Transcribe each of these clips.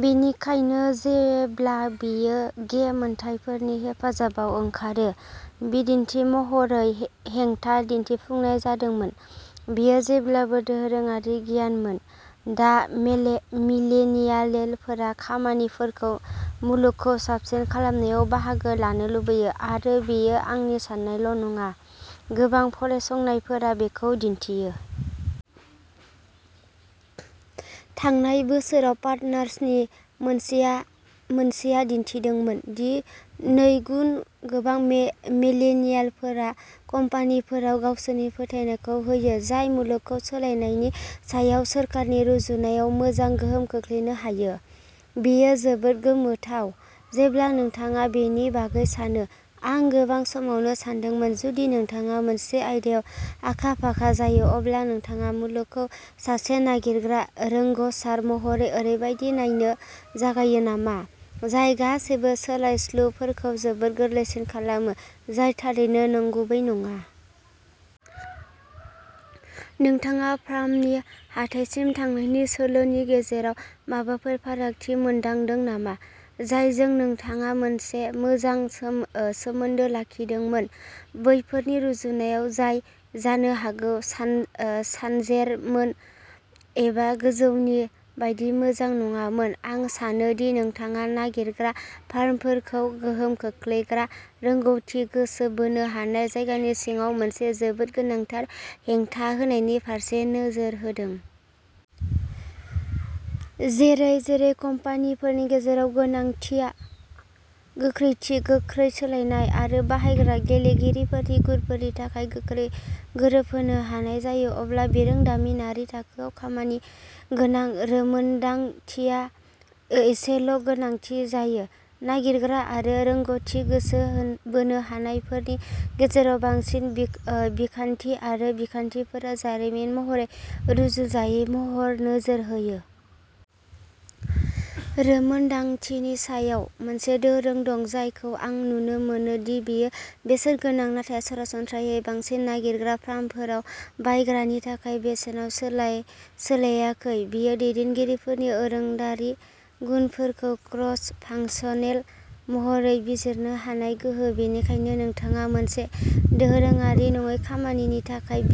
बेनिखायनो जेब्ला बेयो गे मोनथायफोरनि हेफाजाबाव ओंखारो, बिदिन्थि महरै, हेंथा दिन्थिफुंनाय जादोंमोन। बेयो जेब्लाबो दोरोङारि गियानमोन। दा, मेले मिलेनियेलफोरा कम्पानिफोरखौ मुलुगखौ साबसिन खालामनायाव बाहागो लानो लुबैयो। आरो बेयो आंनि साननायल'नङा; गोबां फरायसंनायफोरा बेखौ दिन्थियो। थांनाय बोसोराव पार्टनार्सनि मोनसेया मोनसेया दिन्थिदोंमोन दि नैगुन गोबां मिलेनियेलफोरा कम्पानिफोराव गावसोरनि फोथायनायखौ होयो जाय मुलुगखौ सोलायनायनि सायाव सोरखारनि रुजुनायाव मोजां गोहोम खोख्लैनो हायो। बेयो जोबोद गोमोथाव, जेब्ला नोंथाङा बेनि बागै सानो। आं गोबां समावनो सानदोंमोनः जुदि नोंथाङा मोनसे आयदायाव आखा-फाखा जायो, अब्ला नोंथाङा मुलुगखौ सासे नागिरग्रा रोंग'सार महरै ओरैबायदि नायनो जागायो नामा जाय गासैबो सोलायस्लुफोरखौ जोबोद गोरलैसिन खालामो, जाय थारैनो नंगुबै नङा? नोंथाङा फार्मनि हाथाइसिम थांनायनि सोलोनि गेजेराव माबाफोर फारागथि मोनदांदों नामा, जायजों नोंथाङा मोनसे मोजां सोमोन्दो लाखिदोंमोन? बैफोरनि रुजुनायाव जाय जानो हागौ सानजेरमोन एबा गोजौनि बायदि मोजां नङामोन? आं सानो दि नोंथाङा नागिरग्रा फार्मफोरखौ गोहोम खोख्लैग्रा रोंग'थि गोसो बोनो हानाय जायगानि सिङाव मोनसे जोबोद गोनांथार हेंथा होनायनि फारसे नोजोर होदों। जेरै-जेरै कम्पानिफोरनि गेजेराव गोनांथिआ गोख्रैथि, गोख्रै सोलायनाय आरो बाहायग्रा गेलेगिरिफोरनि गुनफोरनि थाखाय गोख्रै गोरोबहोनो हानाय जायो, अब्ला बिरोंदामिनारि थाखोआव खामानिगोनां रोंमोनदांथिया एसेल'गोनांथि जायो। नागिरग्रा आरो रोंग'थि गोसो बोनो हानायफोरनि गेजेराव बांसिन बिखान्थि आरो बिखान्थिफोरा जारिमिनारि महरै रुजुजायै महरै नोजोर होयो। रोंमोन्दांथिनि सायाव। मोनसे दोरों दं जायखौ आं नुनो मोनो दि बेयो बेसेनगोनां नाथाय सरासनस्रायै बांसिन नागिरग्रा फार्मफोराव बायग्रानि थाखाय बेसेनाव सोलायाखै। बेयो दैदेनगिरिफोरनि आरोंदायारि गुनफोरखौ क्रस-फांसनेल महरै बिजिरनो हानाय गोहो, बेनिखायनो नोंथाङा मोनसे दोरोङारि नङै खामानिनि थाखाय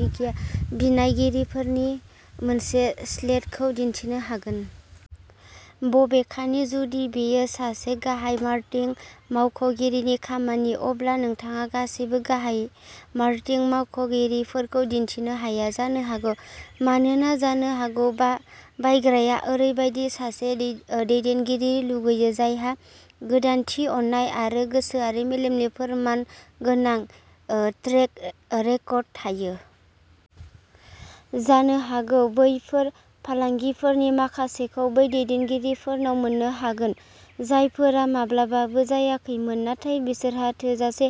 बिनायगिरिफोरनि मोनसे स्लेटखौ दिन्थिनो हागोन। बबेखानि, जुदि बेयो सासे गाहाय मार्केटिं मावख'गिरिनि खामानि, अब्ला नोंथाङा गासिबो गाहाय मार्केटिं मावख'गिरिफोरखौ दिन्थिनो हाया जानो हागौ। मानोना जानो हागौ बायग्राया ओरैबायदि सासे दैदेनगिरि लुगैयो जायहा गोदानथि, अननाय आरो गोसोआरि मेलेमनि फोरमानगोनां ट्रेक रेकर्ड थायो। जानो हागौ, बैफोर फालांगिफोरनि माखासेखौ बै दैदेनगिरिफोरनाव मोन्नो हागोन जायफोरा माब्लाबाबो जायाखैमोन, नाथाय बिसोरहा थोजासे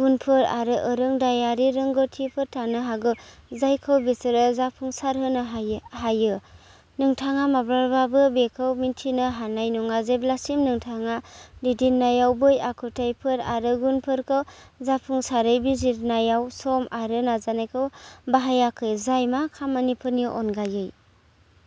गुनफोर आरो आरोंदायारि रोंग'थिफोर थानो हागौ जायखौ बिसोरो जाफुंसारहोनो हायो। नोंथाङा माब्लाबाबो बेखौ मिन्थिनो हानाय नङा जेब्लासिम नोंथाङा दैदेननायाव बै आखुथायफोर आरो गुनफोरखौ जाफुंसारै बिजिरनायाव सम आरो नाजानायखौ बाहायाखै जाय मा खामानिफोरनि अनगायै।